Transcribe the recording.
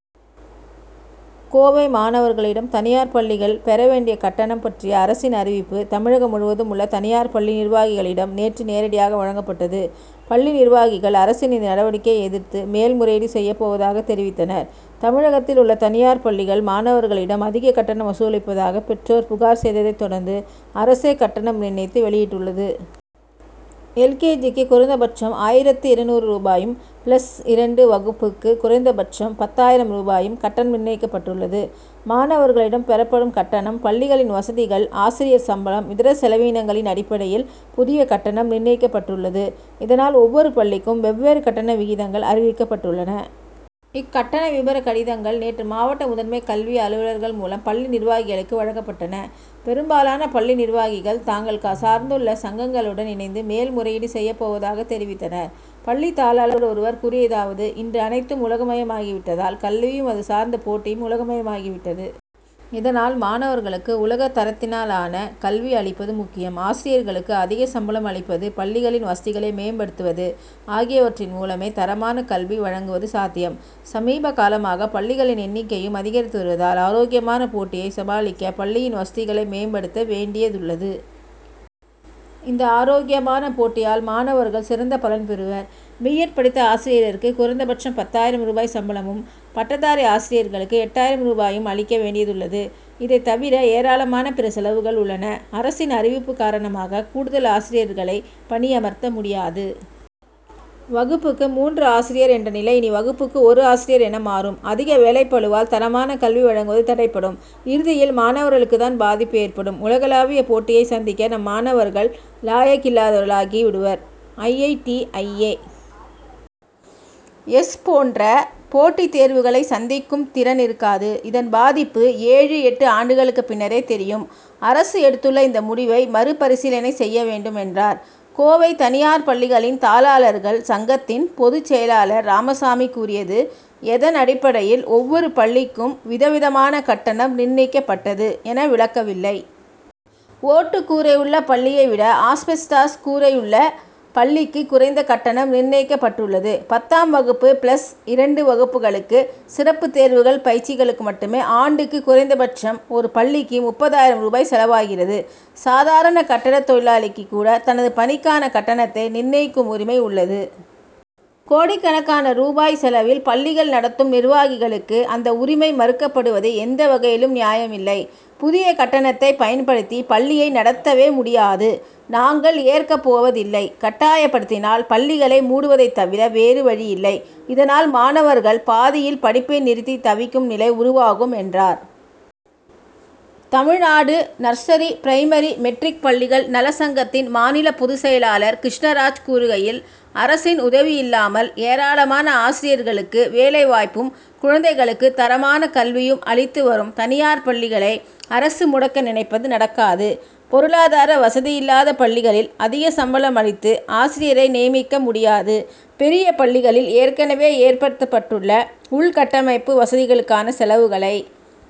கோவை மாணவர்களிடம் தனியார் பள்ளிகள் பெற வேண்டிய கட்டணம் பற்றிய அரசின் அறிவிப்பு தமிழகம் முழுவதும் உள்ள தனியார் பள்ளி நிர்வாகிகளிடம் நேற்று நேரடியாக வழங்கப்பட்டது. பள்ளி நிர்வாகிகள் அரசின் இந்த நடவடிக்கையை எதிர்த்து மேல் முறையீடு செய்யப் போவதாக தெரிவித்தனர். தமிழகத்தில் உள்ள தனியார் பள்ளிகள் மாணவர்களிடம் அதிக கட்டணம் வசூலிப்பதாக பெற்றோர் புகார் செய்ததை தொடர்ந்து அரசே கட்டணம் நிர்ணயித்து வெளியிட்டுள்ளது. எல். கே. ஜி.க்கு குறைந்தபட்சம் ஆயிரத்து இருநூறு ரூபாயும் பிளஸ் இரண்டு வகுப்புக்கு குறைந்தபட்சம் பத்தாயிரம் ரூபாயும் கட்டணம் நிர்ணயிக்கப்பட்டுள்ளது. மாணவர்களிடம் பெறப்படும் கட்டணம் பள்ளிகளின் வசதிகள் ஆசிரியர் சம்பளம் இதர செலவீனங்களின் அடிப்படையில் புதிய கட்டணம் நிர்ணயிக்கப்பட்டுள்ளது. இதனால் ஒவ்வொரு பள்ளிக்கும் வெவ்வேறு கட்டண விகிதங்கள் அறிவிக்கப்பட்டுள்ளன. இக்கட்டண விபர கடிதங்கள் நேற்று மாவட்ட முதன்மை கல்வி அலுவலர்கள் மூலம் பள்ளி நிர்வாகிகளுக்கு வழங்கப்பட்டன. பெரும்பாலான பள்ளி நிர்வாகிகள் தாங்கள் சார்ந்துள்ள சங்கங்களுடன் இணைந்து மேல் முறையீடு செய்யப் போவதாக தெரிவித்தனர். பள்ளி தாளாளர் ஒருவர் கூறியதாவது இன்று அனைத்தும் உலகமயம் ஆகி விட்டதால் கல்வியும் அது சார்ந்த போட்டியும் உலகமயமாகி விட்டது. இதனால் மாணவர்களுக்கு உலக தரத்தினாலான கல்வி அளிப்பது முக்கியம். ஆசிரியர்களுக்கு அதிக சம்பளம் அளிப்பது பள்ளிகளின் வசதிகளை மேம்படுத்துவது ஆகியவற்றின் மூலமே தரமான கல்வி வழங்குவது சாத்தியம். சமீப காலமாக பள்ளிகளின் எண்ணிக்கையும் அதிகரித்து வருவதால் ஆரோக்கியமான போட்டியை சமாளிக்க பள்ளியின் வசதிகளை மேம்படுத்த வேண்டியதுள்ளது. இந்த ஆரோக்கியமான போட்டியால் மாணவர்கள் சிறந்த பலன் பெறுவர். பி. எட். படித்த ஆசிரியருக்கு குறைந்தபட்சம் பத்தாயிரம் ரூபாய் சம்பளமும் பட்டதாரி ஆசிரியர்களுக்கு எட்டாயிரம் ரூபாயும் அளிக்க வேண்டியதுள்ளது. இதை தவிர ஏராளமான பிற செலவுகள் உள்ளன. அரசின் அறிவிப்பு காரணமாக கூடுதல் ஆசிரியர்களை பணியமர்த்த முடியாது. வகுப்புக்கு மூன்று ஆசிரியர் என்ற நிலை இனி வகுப்புக்கு ஒரு ஆசிரியர் என மாறும். அதிக வேலைப்பளுவால் தரமான கல்வி வழங்குவது தடைபடும். இறுதியில் மாணவர்களுக்குதான் பாதிப்பு ஏற்படும். உலகளாவிய போட்டியை சந்திக்க நம் மாணவர்கள் லாயக்கில்லாதவர்களாகி விடுவர். I. I. T. I. A. S. போன்ற போட்டித் தேர்வுகளை சந்திக்கும் திறன் இருக்காது. இதன் பாதிப்பு ஏழு எட்டு ஆண்டுகளுக்கு பின்னரே தெரியும். அரசு எடுத்துள்ள இந்த முடிவை மறு பரிசீலனை செய்ய வேண்டும் என்றார். கோவை தனியார் பள்ளிகளின் தாளாளர்கள் சங்கத்தின் பொதுச் செயலாளர் ராமசாமி கூறியது எதன் அடிப்படையில் ஒவ்வொரு பள்ளிக்கும் வித விதமான கட்டணம் நிர்ணயிக்கப்பட்டது என விளக்கவில்லை. ஓட்டுக் கூரையுள்ள பள்ளியை விட ஆஸ்பெஸ்டாஸ் கூரையுள்ள பள்ளிக்கு குறைந்த கட்டணம் நிர்ணயிக்கப்பட்டுள்ளது. பத்தாம் வகுப்பு பிளஸ் இரண்டு வகுப்புகளுக்கு சிறப்பு தேர்வுகள் பயிற்சிகளுக்கு மட்டுமே ஆண்டுக்கு குறைந்தபட்சம் ஒரு பள்ளிக்கு முப்பதாயிரம் ரூபாய் செலவாகிறது. சாதாரண கட்டடத் தொழிலாளிக்கு கூட தனது பணிக்கான கட்டணத்தை நிர்ணயிக்கும் உரிமை உள்ளது. கோடிக்கணக்கான ரூபாய் செலவில் பள்ளிகள் நடத்தும் நிர்வாகிகளுக்கு அந்த உரிமை மறுக்கப்படுவது எந்தவகையிலும் நியாயமில்லை. புதிய கட்டணத்தை பயன்படுத்தி பள்ளியை நடத்தவே முடியாது. நாங்கள் ஏற்கப் போவதில்லை. கட்டாயப்படுத்தினால் பள்ளிகளை மூடுவதைத் தவிர வேறு வழியில்லை. இதனால் மாணவர்கள் பாதியில் படிப்பை நிறுத்தி தவிக்கும் நிலை உருவாகும் என்றார். தமிழ்நாடு நர்சரி பிரைமரி மெட்ரிக் பள்ளிகள் நலச்சங்கத்தின் மாநில பொதுச் செயலாளர் கிருஷ்ணராஜ் கூறுகையில் அரசின் உதவி இல்லாமல் ஏராளமான ஆசிரியர்களுக்கு வேலை வாய்ப்பும் குழந்தைகளுக்கு தரமான கல்வியும் அளித்து வரும் தனியார் பள்ளிகளை அரசு முடக்க நினைப்பது நடக்காது. பொருளாதார வசதியில்லாத பள்ளிகளில் அதிக சம்பளம் அளித்து ஆசிரியரை நியமிக்க முடியாது. பெரிய பள்ளிகளில் ஏற்கனவே ஏற்படுத்தப்பட்டுள்ள உள்கட்டமைப்பு வசதிகளுக்கான செலவுகளை